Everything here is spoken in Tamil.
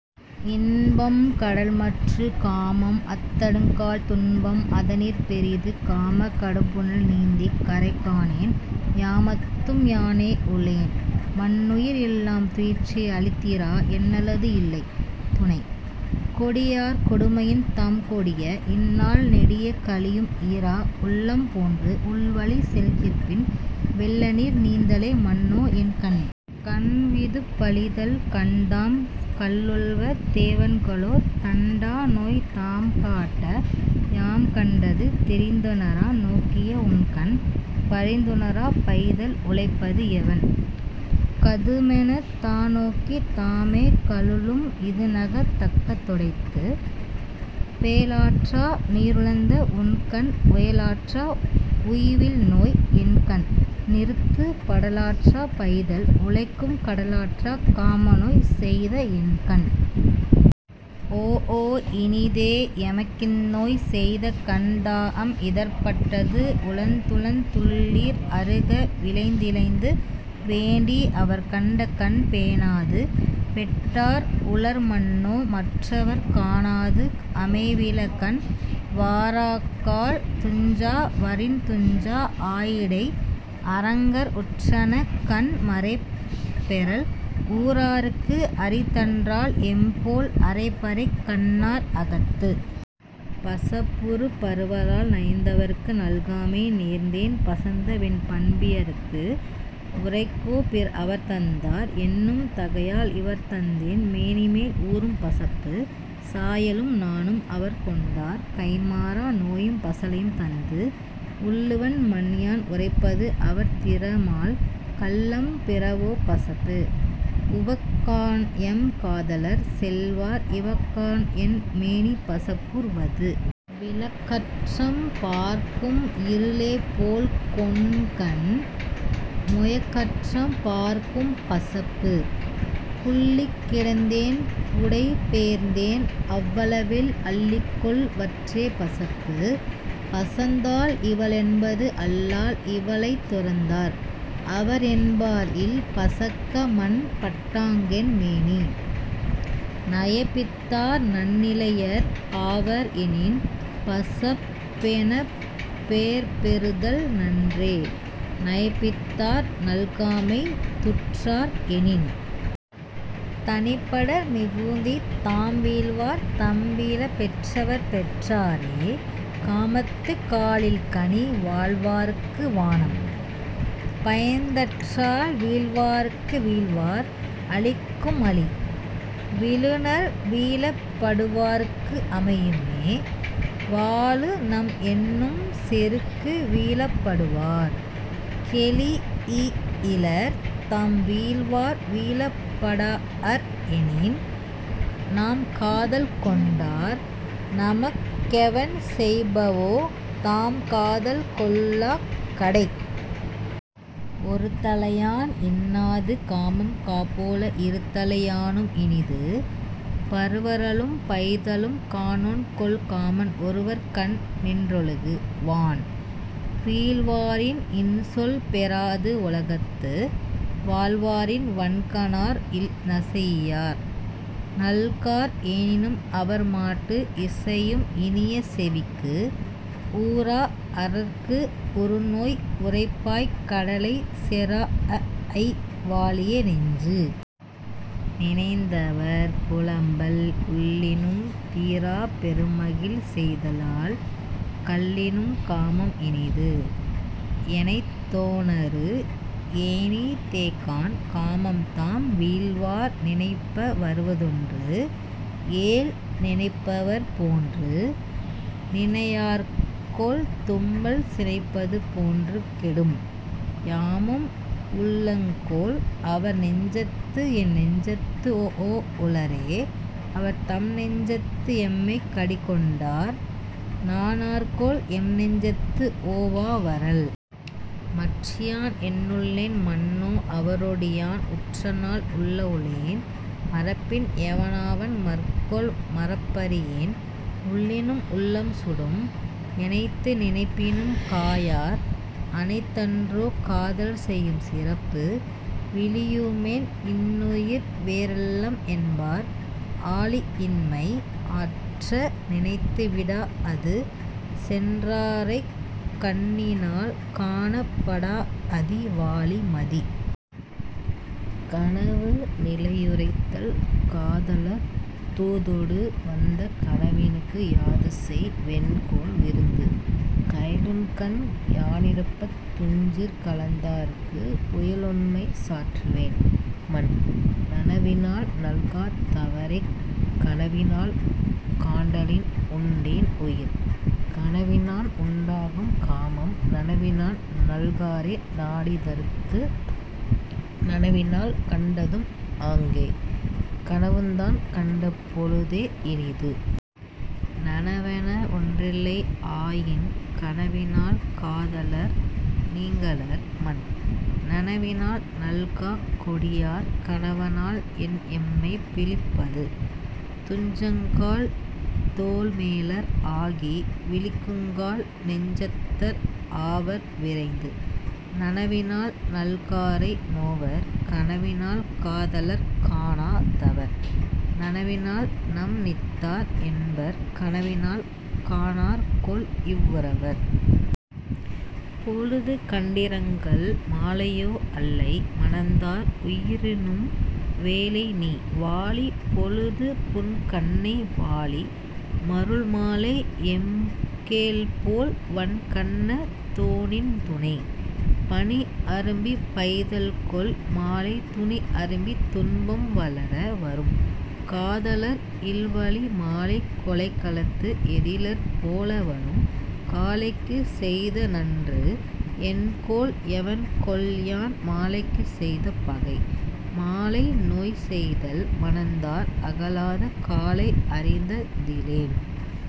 இன்பம் கடல்மற்றுக் காமம் அஃதடுங்கால் துன்பம் அதனிற் பெரிது. காமக் கடும்புனல் நீந்திக் கரைகாணேன் யாமத்தும் யானே உளேன். மன்னுயிர் எல்லாம் துயிற்றி அளித்திரா என்னல்லது இல்லை துணை. கொடியார் கொடுமையின் தாம்கொடிய இந்நாள் நெடிய கழியும் இரா. உள்ளம்போன்று உள்வழிச் செல்கிற்பின் வெள்ளநீர் நீந்தல மன்னோஎன் கண்.. கண்விதுப்பழிதல் கண்தாம் கலுழ்வ தெவன்கொலோ தண்டாநோய் தாம்காட்ட யாம்கண் டது. தெரிந்துணரா நோக்கிய உண்கண் பரிந்துணராப் பைதல் உழப்பது எவன்? கதுமெனத் தாநோக்கித் தாமே கலுழும் இதுநகத் தக்க துடைத்து. பெயலாற்றா நீருலந்த உண்கண் உயலாற்றா உய்வில்நோய் என்கண் நிறுத்து. படலாற்றா பைதல் உழக்கும் கடலாற்றாக் காமநோய் செய்தஎன் கண். ஓஒ இனிதே எமக்கிந்நோய் செய்தகண் தாஅம் இதற்பட் டது. உழந்துழந் துள்நீர் அறுக விழைந்திழைந்து வேண்டி அவர்க்கண்ட கண். பேணாது பெட்டார் உளர்மன்னோ மற்றவர்க் காணாது அமைவில கண். வாராக்கால் துஞ்சா வரின்துஞ்சா ஆயிடை அரஞர் உற்றன கண். மறைபெறல் ஊரார்க்கு அரிதன்றால் எம்போல் அறைபறை கண்ணார் அகத்து.. பசப்புறுபருவரல் நயந்தவர்க்கு நல்காமை நேர்ந்தேன் பசந்தவென் பண்பியார்க்கு உரைக்கோ பிற. அவர்தந்தார் என்னும் தகையால் இவர்தந்தென் மேனிமேல் ஊரும் பசப்பு. சாயலும் நாணும் அவர்கொண்டார் கைம்மாறா நோயும் பசலையும் தந்து. உள்ளுவன் மன்யான் உரைப்பது அவர்திறமால் கள்ளம் பிறவோ பசப்பு. உவக்காண்எம் காதலர் செல்வார் இவக்காண்என் மேனி பசப்பூர் வது. விளக்கற்றம் பார்க்கும் இருளேபோல் கொண்கன் முயக்கற்றம் பார்க்கும் பசப்பு. புல்லிக் கிடந்தேன் புடைபெயர்ந்தேன் அவ்வளவில் அள்ளிக்கொள் வற்றே பசப்பு. பசந்தாள் இவள்என்பது அல்லால் இவளைத் துறந்தார் அவர்என்பார் இல். பசக்கமன் பட்டாங்கென் மேனி நயப்பித்தார் நன்னிலையர் ஆவர் எனின். பசப்பெனப் பேர்பெறுதல் நன்றே நயப்பித்தார் நல்காமை தூற்றார் எனின்.. தனிப்படர்மிகுதி தாம்வீழ்வார் தம்வீழப் பெற்றவர் பெற்றாரே காமத்துக் காழில் கனி. வாழ்வார்க்கு வானம் பயந்தற்றால் வீழ்வார்க்கு வீழ்வார் அளிக்கும் அளி. விழுநர் வீழப் படுவார்க்கு அமையுமே வாழுநம் என்னும் செருக்கு. வீழப் படுவார் கெழீஇயிலர் தாம்வீழ்வார் வீழப் படாஅர் எனின். நாம்காதல் கொண்டார் நமக்கெவன் செய்பவோ தாம்காதல் கொள்ளாக் கடை. ஒருதலையான் இன்னாது காமம்காப் போல இருதலை யானும் இனிது. பருவரலும் பைதலும் காணான்கொல் காமன் ஒருவர்கண் நின்றொழுகு வான். வீழ்வாரின் இன்சொல் பெறாஅது உலகத்து வாழ்வாரின் வன்கணார் இல். நசைஇயார் நல்கார் எனினும் அவர்மாட்டு இசையும் இனிய செவிக்கு. உறாஅர்க்கு உறுநோய் உரைப்பாய் கடலைச் செறாஅஅய் வாழிய நெஞ்சு.. நினைந்தவர்புலம்பல் உள்ளினும் தீராப் பெருமகிழ் செய்தலால் கள்ளினும் காமம் இனிது. எனைத்தொனறு ஏனிதேகாண் காமம்தாம் வீழ்வார் நினைப்ப வருவதொன்று ஏல். நினைப்பவர் போன்று நினையார்கொல் தும்மல் சினைப்பது போன்று கெடும். யாமும் உளேங்கொல் அவர்நெஞ்சத்து எந்நெஞ்சத்து ஓஒ உளரே அவர். தம்நெஞ்சத்து எம்மைக் கடிகொண்டார் நாணார்கொல் எம்நெஞ்சத்து ஓவா வரல். மற்றியான் என்னுளேன் மன்னோ அவரொடி யான் உற்றநாள் உள்ள உளேன். மறப்பின் எவனாவன் மற்கொல் மறப்பறியேன் உள்ளினும் உள்ளம் சுடும். எனைத்து நினைப்பினும் காயார் அனைத்தன்றோ காதலர் செய்யும் சிறப்பு. விளியுமென் இன்னுயிர் வேறல்லம் என்பார் ஆளியின்மை ஆற்ற நினைந்து. விடாஅது சென்றாரைக் கண்ணினால் காணப் படாஅதி வாழி மதி.. கனவுநிலையுரைத்தல் காதலர் தூதொடு வந்த கனவினுக்கு யாதுசெய் வேன்கொல் விருந்து. கயலுண்கண் யானிரப்பத் துஞ்சிற் கலந்தார்க்கு உயலுண்மை சாற்றுவேன் மன். நனவினால் நல்கா தவரைக் கனவினால் காண்டலின் உண்டென் உயிர். கனவினான் உண்டாகும் காமம் நனவினான் நல்காரை நாடித் தரற்கு. நனவினால் கண்டதூஉம் ஆங்கே கனவுந்தான் கண்ட பொழுதே இனிது. நனவென ஒன்றில்லை ஆயின் கனவினால் காதலர் நீங்கலர் மன். நனவினால் நல்காக் கொடியார் கனவனால் என்எம்மைப் பீழிப் பது. துஞ்சுங்கால் தோள்மேலர் ஆகி விழிக்குங்கால் நெஞ்சத்தர் ஆவர் விரைந்து. நனவினால் நல்காரை நோவர் கனவினால் காதலர்க் காணா தவர். நனவினால் நம்நீத்தார் என்பர் கனவினால் காணார்கொல் இவ்வூ ரவர்.. பொழுதுகண்டிரங்கல் மாலையோ அல்லை மணந்தார் உயிருண்ணும் வேலைநீ வாழி பொழுது. புன்கண்ணை வாழி மருள்மாலை எம்கேள்போல் வன்கண்ண தோநின் துணை. பனிஅரும்பிப் பைதல்கொள் மாலை துனிஅரும்பித் துன்பம் வளர வரும். காதலர் இல்வழி மாலை கொலைக்களத்து ஏதிலர் போல வரும். காலைக்குச் செய்தநன்று என்கொல் எவன்கொல்யான் மாலைக்குச் செய்த பகை? மாலைநோய் செய்தல் மணந்தார் அகலாத காலை அறிந்த திலேன்.